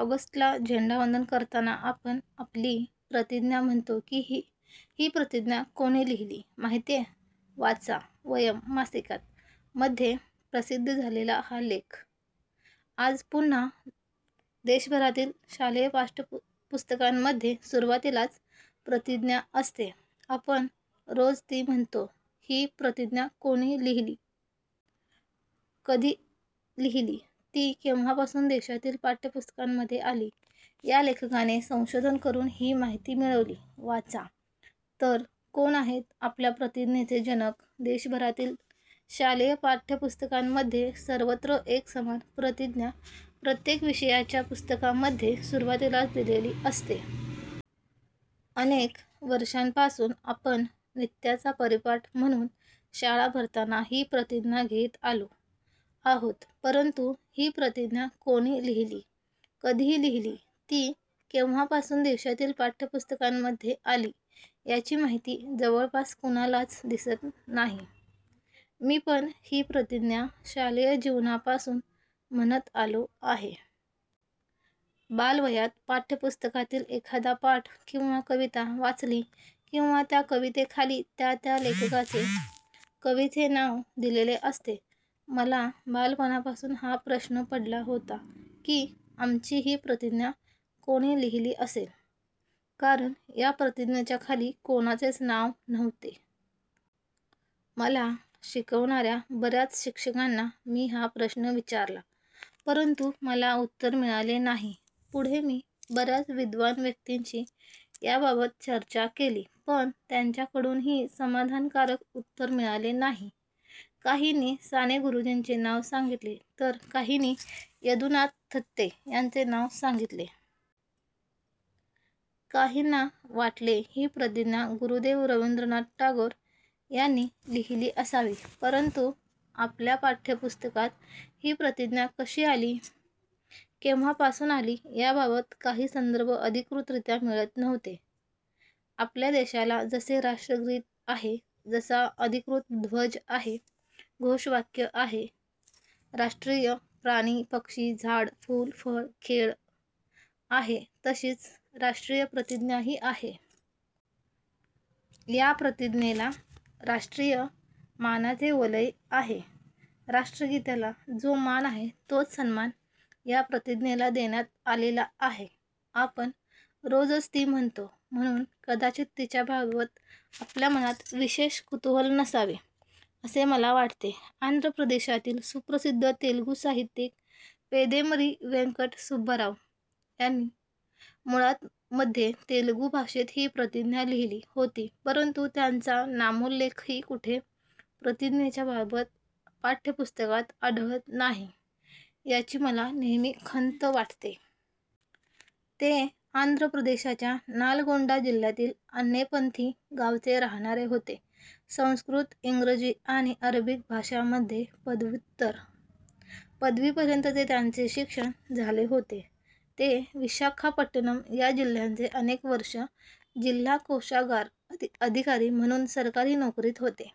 ऑगस्टला झेंडावंदन करताना आपण आपली प्रतिज्ञा म्हणतो. ही प्रतिज्ञा कोणी लिहिली, माहितीये? वाचा, वयम् मासिकात मध्ये प्रसिद्ध झालेला हा लेख, आज पुन्हा! देशभरातील शालेय पाठ्यपुस्तकांमध्ये सुरुवातीलाच ''''प्रतिज्ञा' असते. आपण रोज ती म्हणतो. ही प्रतिज्ञा कोणी लिहिली? कधी लिहिली? ती केव्हापासून देशातील पाठ्यपुस्तकांमध्ये आली? या लेखकाने संशोधन करून ही माहिती मिळवली. वाचा तर, कोण आहेत आपल्या प्रतिज्ञेचे जनक! देशभरातील शालेय पाठ्यपुस्तकांमध्ये सर्वत्र एक समान प्रतिज्ञा प्रत्येक विषयाच्या पुस्तकामध्ये सुरुवातीलाच दिलेली असते. अनेक वर्षांपासून आपण नित्याचा परिपाठ म्हणून शाळा भरताना ही प्रतिज्ञा घेत आलो आहोत. परंतु ही प्रतिज्ञा कोणी लिहिली? कधी लिहिली? ती केव्हापासून देशातील पाठ्यपुस्तकांमध्ये आली? याची माहिती जवळपास कुणालाच दिसत नाही. मी पण ही प्रतिज्ञा शालेय जीवनापासून म्हणत आलो आहे. बालवयात पाठ्यपुस्तकातील एखादा पाठ किंवा कविता वाचली किंवा त्या कवितेखाली त्या त्या लेखकाचे, कवीचे नाव दिलेले असते. मला बालपणापासून हा प्रश्न पडला होता की, आमची ही प्रतिज्ञा कोणी लिहिली असेल? कारण या प्रतिज्ञेच्या खाली कोणाचेच नाव नव्हते. मला शिकवणाऱ्या बऱ्या च शिक्षकांना मी हा प्रश्न विचारला, परंतु मला उत्तर मिळाले नाही. पुढे मी बऱ्याच विद्वान व्यक्तींशी याबाबत चर्चा केली, पण त्यांच्याकडूनही समाधानकारक उत्तर मिळाले नाही. काहींनी साने गुरुजींचे नाव सांगितले, तर काहींनी यदुनाथ थत्ते यांचे नाव सांगितले. काहींना वाटले, ही प्रतिज्ञा गुरुदेव रवींद्रनाथ टागोर यांनी लिहिली असावी. परंतु आपल्या पाठ्यपुस्तकात ही प्रतिज्ञा कशी आली? केव्हापासून आली? याबाबत काही संदर्भ अधिकृतरित्या मिळत नव्हते. आपल्या देशाला जसे राष्ट्रगीत आहे, जसा अधिकृत ध्वज आहे, घोषवाक्य आहे, राष्ट्रीय प्राणी, पक्षी, झाड, फूल, फळ, खेळ आहे तशीच राष्ट्रीय प्रतिज्ञाही आहे. या प्रतिज्ञेला राष्ट्रीय मानाचे वलय आहे. राष्ट्रगीताला जो मान आहे तोच सन्मान या प्रतिज्ञेला देण्यात आलेला आहे. आपण रोजच ती म्हणतो, म्हणून कदाचित तिच्याबाबत आपल्या मनात विशेष कुतूहल नसावे असे मला वाटते. आंध्रप्रदेशातील सुप्रसिद्ध तेलगू साहित्यिक पेदेमरी व्यंकट सुब्बाराव यांनी मुळात मध्ये तेलगू भाषेत ही प्रतिज्ञा लिहिली होती, परंतु त्यांचा नामोल्लेखही कुठे प्रतिज्ञेच्याबाबत पाठ्यपुस्तकात आढळत नाही, याची मला नेहमी खंत वाटते. ते आंध्रप्रदेशच्या नालगोंडा जिल्ह्यातील अन्नेपथीं गावचे राहणारे होते. संस्कृत, इंग्रजी आणि अरेबिक भाषांमध्ये पदव्युत्तर पदवीपर्यंतचे त्यांचे शिक्षण झाले होते. ते विशाखापट्टणम् या जिल्ह्याचे अनेक वर्षं ''''जिल्हा कोषागार अधिकारी' म्हणून सरकारी नोकरीत होते.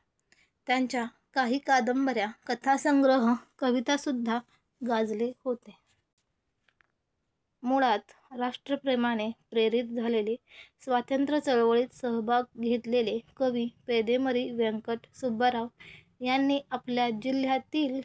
त्यांच्या काही कादंबऱ्या, कथासंग्रह, कवितासुद्धा गाजले होते. मुळात राष्ट्रप्रेमाने प्रेरित झालेले, स्वातंत्र्य चळवळीत सहभाग घेतलेले कवी पेदेमरी व्यंकट सुब्बाराव यांनी आपल्या जिल्ह्यातील